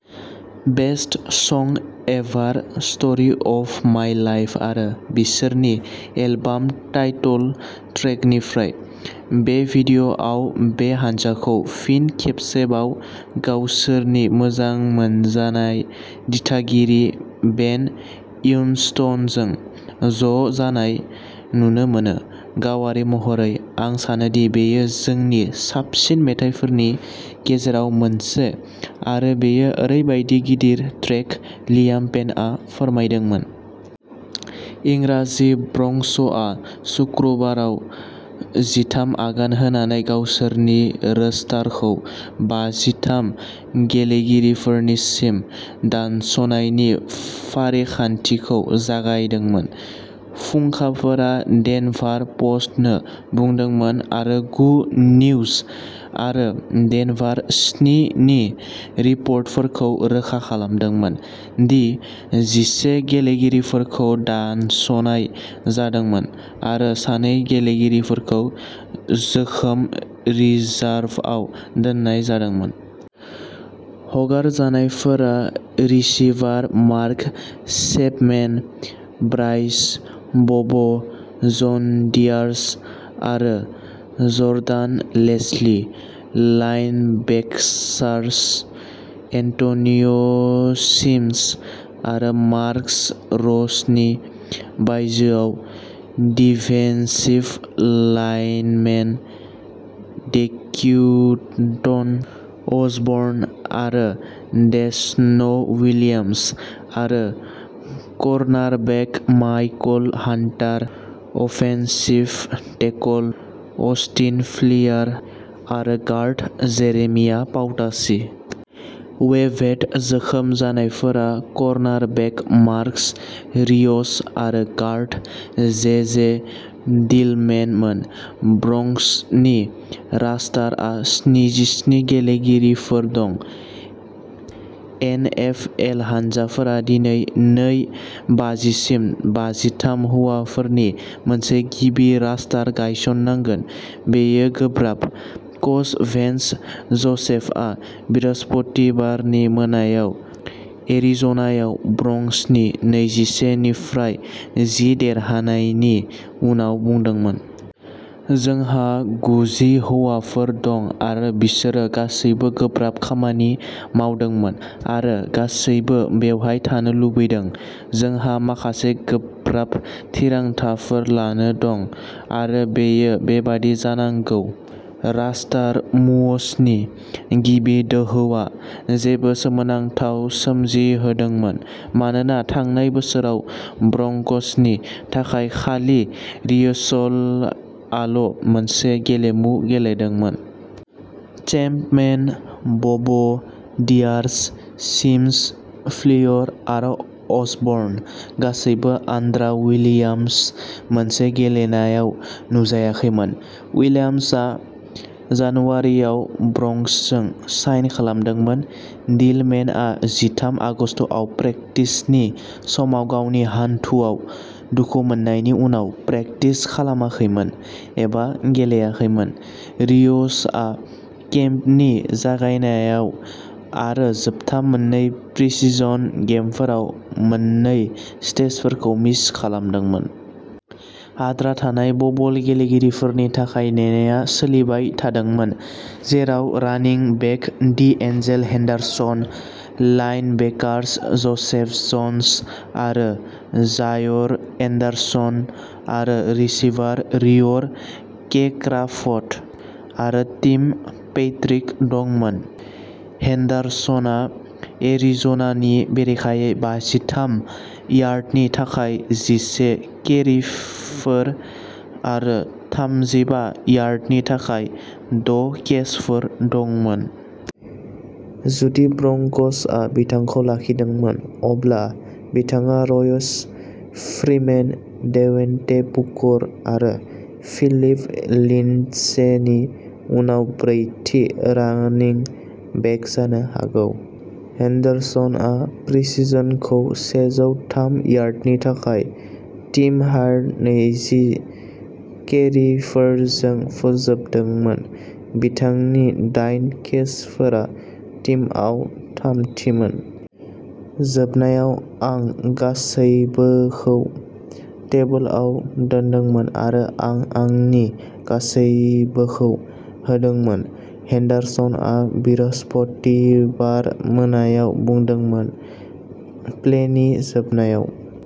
Best song ever story of my लाइफ'आरो बिसोरनि album title ट्रेकनिफ्राय। बे भिडिय'आव बे हानजाखौ फिन खेबसेबाव गावसोरनि मोजां मोनजानाय दिथागिरि बेन उइनस्टनजों ज'जानाय नुनो मोनो। "गावारि महरै, आं सानोदि बेयो जोंनि साबसिन मेथाइफोरनि गेजेराव मोनसे आरो बेयो ओरैबायदि गिदिर ट्रेक", लियाम पेनआ फोरमायदोंमोन। इंराजि-ब्रंक'सआ सुक्रुबाराव जिथाम आगान होनानै गावसोरनि रोस्टारखौ बाजिथाम गेलेगिरिफोरसिम दानस'नायनि फारिखान्थिखौ जागायदोंमोन। फुंखाफोरा डेनभार प'स्टनो बुंदोंमोन आरो गु निउज आरो डेनभार स्नि नि रिपर्टफोरखौ रोखा खालामदोंमोन दि जिसे गेलेगिरिफोरखौ दानस'नाय जादोंमोन आरो सानै गेलेगिरिफोरखौ जोखोम रिजार्भआव दोननाय जादोंमोन। हगारजानायफोरा receiver Mark Chapman, Bryce Bobo', John Diarse आरो जर्डान लेस्ली, लाइनबेकार्स एन्ट'निय'सिमन्स आरो मार्कस रशनि बायजोआव, डिफेन्सिभ लाइनमेन डेक्विन्टन असबर्न आरो डेश'न विलियम्स आरो cornerback Michael Hunter, offensive tackle Austin Fleer आरो गार्ड जेरेमिया पाउटासी। वेइभ्ड-जोखोम जानायफोरा कर्नारबेक मार्कस रिय'स आरो गार्ड जे. जे. डिलमेन मोन। ब्रंक'सनि रस्टारआ स्निजिस्नि गेलेगिरिफोर दं। एन एफ एल हानजाफोरा दिनै नै बाजिसिम बाजिथाम हौवाफोरनि मोनसे गिबि रस्टार गायसननांगोन। "बेयो गोब्राब", कच भेन्स ज'सेफआ बृहस्पतिबारनि मोनायाव एरिज'नायाव ब्रंक'सनि नैजिसे निफ्राय जि देरहानायनि उनाव बुंदोंमोन। "जोंहा गुजि हौवाफोर दं आरो बिसोरो गासैबो गोब्राब खामानि मावदोंमोन आरो गासैबो बेवहाय थानो लुबैदों। जोंहा माखासे गोब्राब थिरांथाफोर लानो दं आरो बेयो बेबादि जानांगौ।" रस्टार मूव्सनि गिबि दोहौआ जेबो सोमोनांथाव सोमजिहोदोंमोन मानोना थांनाय बोसोराव ब्रंक'सनि थाखाय खालि रिय'सआल'मोनसे गेलेमु गेलेदोंमोन। चेपमेन, ब'ब', डियार्स, सिमन्स, फ्लियर आरो असबर्न गासैबो आनड्रा विलियम्सा मोनसे गेलेनायाव नुजायाखैमोन। उइलियाम्सा जानुवारियाव ब्रंकसजों साइन खालामदोंमोन। डिलमेनआ जिथाम आगस्तआव प्रेकटिसनि समाव गावनि हान्थुआव दुखु मोननायनि उनाव प्रेकटिस खालामाखैमोन एबा गेलेयाखैमोन। रिय'सआ केम्पनि जागायन्नायाव आरो जोबथा मोन्नै प्रिसिजन गेमफोराव मोन्नै स्ट्रेचफोरखौ मिस खालामदोंमोन। आद्रा थानाय बबल गेलेगिरिफोरनि थाखाय नेनाया सोलिबाय थादोंमोन, जेराव running back D'Angelo Henderson, linebackers Joseph Jones आरो जायर एंडरसन आरो रिसीभार रिवर क्रेक्राफ्ट आरो टिम पैट्रिक दंमोन। हेंडरसनहा एरिज'नानि बेरेखायै बाजिथाम यार्डनि थाखाय जिसे केरिफोर आरो थामजिबा यार्डनि थाखाय द'केचफोर दंमोन। जुदि ब्रंकसआ बिथांखौ लाखिदोंमोन, अब्ला बिथाङा रयस फ्रीमेन, डेवन्टे बुकर आरो फिलिप लिंडसेनि उनाव ब्रैथि रानिं बेक जानो हागौ। हेंडरसनआ प्रिसिजनखौ सेजौ थाम यार्डनि थाखाय टीम-हाई नैजि केरिफोरजों फोजोबदोंमोन। बिथांनि दाइन केचफोरा टीमआव थामथिमोन। "जोबनायाव, आं गासैबोखौ टेबोलाव दोनदोंमोन आरो आं आंनि गासैबोखौ होदोंमोन", हेंडरसनआ बृहस्पतिबार मोनायाव बुंदोंमोन प्लेनि जोबनायाव।